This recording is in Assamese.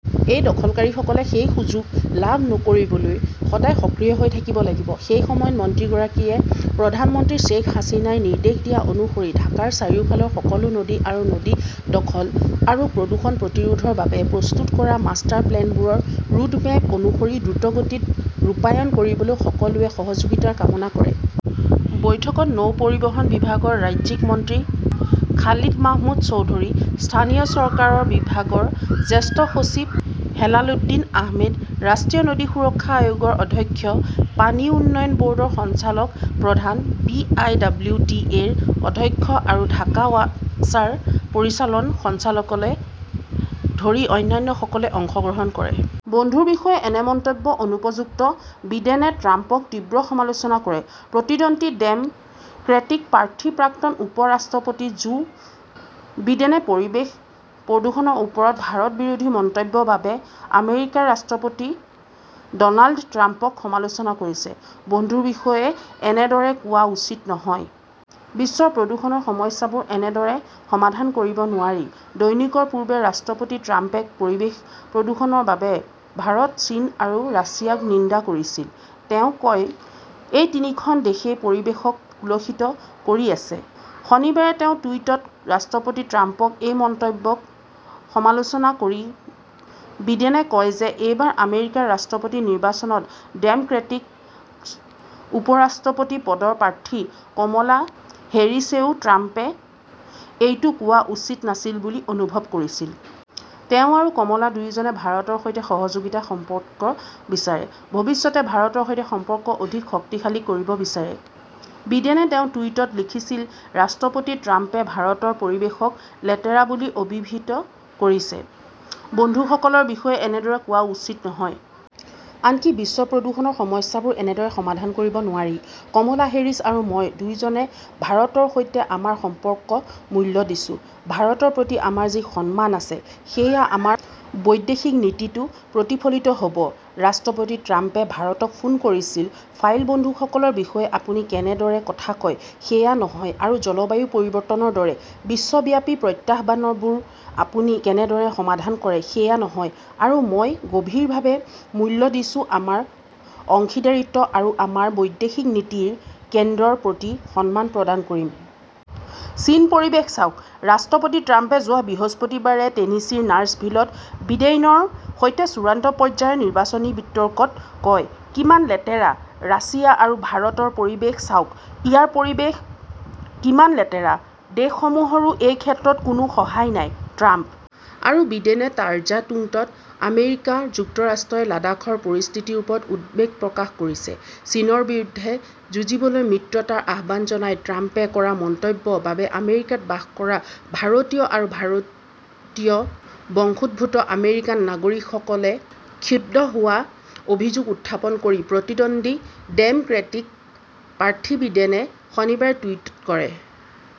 এই দখলকাৰীসকলে সেই সুযোগ লাভ নকৰিবলৈ সদায় সক্ৰিয় হৈ থাকিব লাগিব। এই সময়ত মন্ত্ৰীগৰাকীয়ে প্ৰধানমন্ত্ৰী শ্বেইখ হাছিনাই নিৰ্দেশ দিয়া অনুসৰি ঢাকাৰ চাৰিওফালৰ সকলো নদী আৰু নদী দখল আৰু প্ৰদূষণ প্ৰতিৰোধৰ বাবে প্ৰস্তুত কৰা মাষ্টাৰ প্লেনবোৰ ৰোডমেপ অনুসৰি দ্ৰুতগতিত ৰূপায়ণ কৰিবলৈ সকলোৰে সহযোগিতাৰ কামনা কৰে। বৈঠকত নৌ পৰিবহণ বিভাগৰ ৰাজ্যিক মন্ত্ৰী খালিদ মাহমুদ চৌধুৰী, স্থানীয় চৰকাৰ বিভাগৰ জ্যেষ্ঠ সচিব হেলালুদ্দিন আহমেদ, ৰাষ্ট্ৰীয় নদী সুৰক্ষা আয়োগৰ অধ্যক্ষ, পানী উন্নয়ন বৰ্ডৰ সঞ্চালক প্ৰধান, B. I. W. T. A. -ৰ অধ্যক্ষ আৰু ঢাকা ৱাছাৰ পৰিচালন সঞ্চালককে ধৰি অন্যান্যসকলে অংশগ্ৰহণ কৰে। বন্ধুৰ বিষয়ে এনে মন্তব্য অনুপযুক্ত বিডেনে ট্ৰাম্পক তীব্ৰ সমালোচনা কৰে। প্ৰতিদ্বন্দ্বী ডেম ক্ৰেটিক প্ৰাৰ্থী প্ৰাক্তন উপ-ৰাষ্ট্ৰপতি জো বিডেনে পৰিৱেশ প্ৰদূষণৰ ওপৰত ভাৰত বিৰোধী মন্তব্যৰ বাবে আমেৰিকাৰ ৰাষ্ট্ৰপতি ডনাল্ড ট্ৰাম্পক সমালোচনা কৰিছে। বন্ধুৰ বিষয়ে এনেদৰে কোৱা উচিত নহয়। বিশ্বৰ প্ৰদূষণৰ সমস্যাবোৰ এনেদৰে সমাধান কৰিব নোৱাৰি। দৈনিকৰ পূৰ্বে ৰাষ্ট্ৰপতি ট্ৰাম্পে পৰিৱেশ প্ৰদূষণৰ বাবে ভাৰত, চীন আৰু ৰাছিয়াক নিন্দা কৰিছিল। তেওঁ কয়, এই তিনিখন দেশেই পৰিৱেশক কুলষিত কৰি আছে। শনিবাৰে তেওঁৰ টুইটত ৰাষ্ট্ৰপতি ট্ৰাম্পৰ এই মন্তব্যক সমালোচনা কৰি বিডেনে কয় যে এইবাৰ আমেৰিকাৰ ৰাষ্ট্ৰপতি নিৰ্বাচনত ডেম ক্ৰেটিক উপ-ৰাষ্ট্ৰপতি পদৰ প্ৰাৰ্থী কমলা হেৰিছেও ট্ৰাম্পে এইটো কোৱা উচিত নাছিল বুলি অনুভৱ কৰিছিল। তেওঁ আৰু কমলা দুয়োজনে ভাৰতৰ সৈতে সহযোগিতাৰ সম্পৰ্ক বিচাৰে। ভৱিষ্যতে ভাৰতৰ সৈতে সম্পৰ্ক অধিক শক্তিশালী কৰিব বিচাৰে, বিডেনে তেওঁৰ টুইটত লিখিছিল ৰাষ্ট্ৰপতি ট্ৰাম্পে ভাৰতৰ পৰিৱেশক লেতেৰা বুলি অভিহিত কৰিছে। বন্ধুসকলৰ বিষয়ে এনেদৰে কোৱা উচিত নহয়। আনকি বিশ্বৰ প্ৰদূষণৰ সমস্যাবোৰো এনেদৰে সমাধান কৰিব নোৱাৰি। কমলা হেৰিছ আৰু মই দুয়োজনে ভাৰতৰ সৈতে আমাৰ সম্পৰ্কক মূল্য দিছো। ভাৰতৰ প্ৰতি আমাৰ যি সন্মান আছে সেয়া আমাৰ বৈদেশিক নীতিতো প্ৰতিফলিত হ'ব। ৰাষ্ট্ৰপতি ট্ৰাম্পে ভাৰতক ফোন কৰিছিল ফাইল বন্ধুসকলৰ বিষয়ে আপুনি কেনেদৰে কথা কয় সেয়া নহয় আৰু জলবায়ু পৰিৱৰ্তনৰ দৰে বিশ্বব্যাপী প্ৰত্যাহ্বানবোৰ আপুনি কেনেদৰে সমাধান কৰে সেয়া নহয় আৰু মই গভীৰভাৱে মূল্য দিছোঁ আমাৰ অংশীদাৰিত্ব আৰু আমাৰ বৈদেশিক নীতিৰ কেন্দ্ৰৰ প্ৰতি সন্মান প্ৰদান কৰিম। চীনৰ পৰিৱেশ চাওক ।ৰাষ্ট্ৰপতি ট্ৰাম্পে যোৱা বৃহস্পতিবাৰে টেনিছিৰ নাছভিলত বিডেইনৰ সৈতে চূড়ান্ত পৰ্যায়ৰ নিৰ্বাচনী বিতৰ্কত কয়, কিমান লেতেৰা। ৰাছিয়া আৰু ভাৰতৰ পৰিৱেশ চাওক। ইয়াৰ পৰিৱেশ কিমান লেতেৰা। দেশসমূহৰো এই ক্ষেত্ৰত কোনো সহায় নাই ,ট্ৰাম্প আৰু বিডেনে টাৰ্জা টুংত আমেৰিকা যুক্তৰাষ্ট্ৰই লাডাখৰ পৰিস্থিতিৰ ওপৰত উদ্বেগ প্ৰকাশ কৰিছে, চীনৰ বিৰুদ্ধে যুঁজিবলৈ মিত্ৰতাৰ আহ্বান জনাই ট্ৰাম্পে কৰা মন্তব্যৰ বাবে আমেৰিকাত বাস কৰা ভাৰতীয় আৰু ভাৰতীয় বংশোদ্ভূত আমেৰিকান নাগৰিকসকলে ক্ষুব্ধ হোৱাৰ অভিযোগ উত্থাপন কৰি প্ৰতিদ্বন্দ্বী ডেম ক্ৰেটিক প্ৰাৰ্থী বিডেনে শনিবাৰে টুইট কৰে।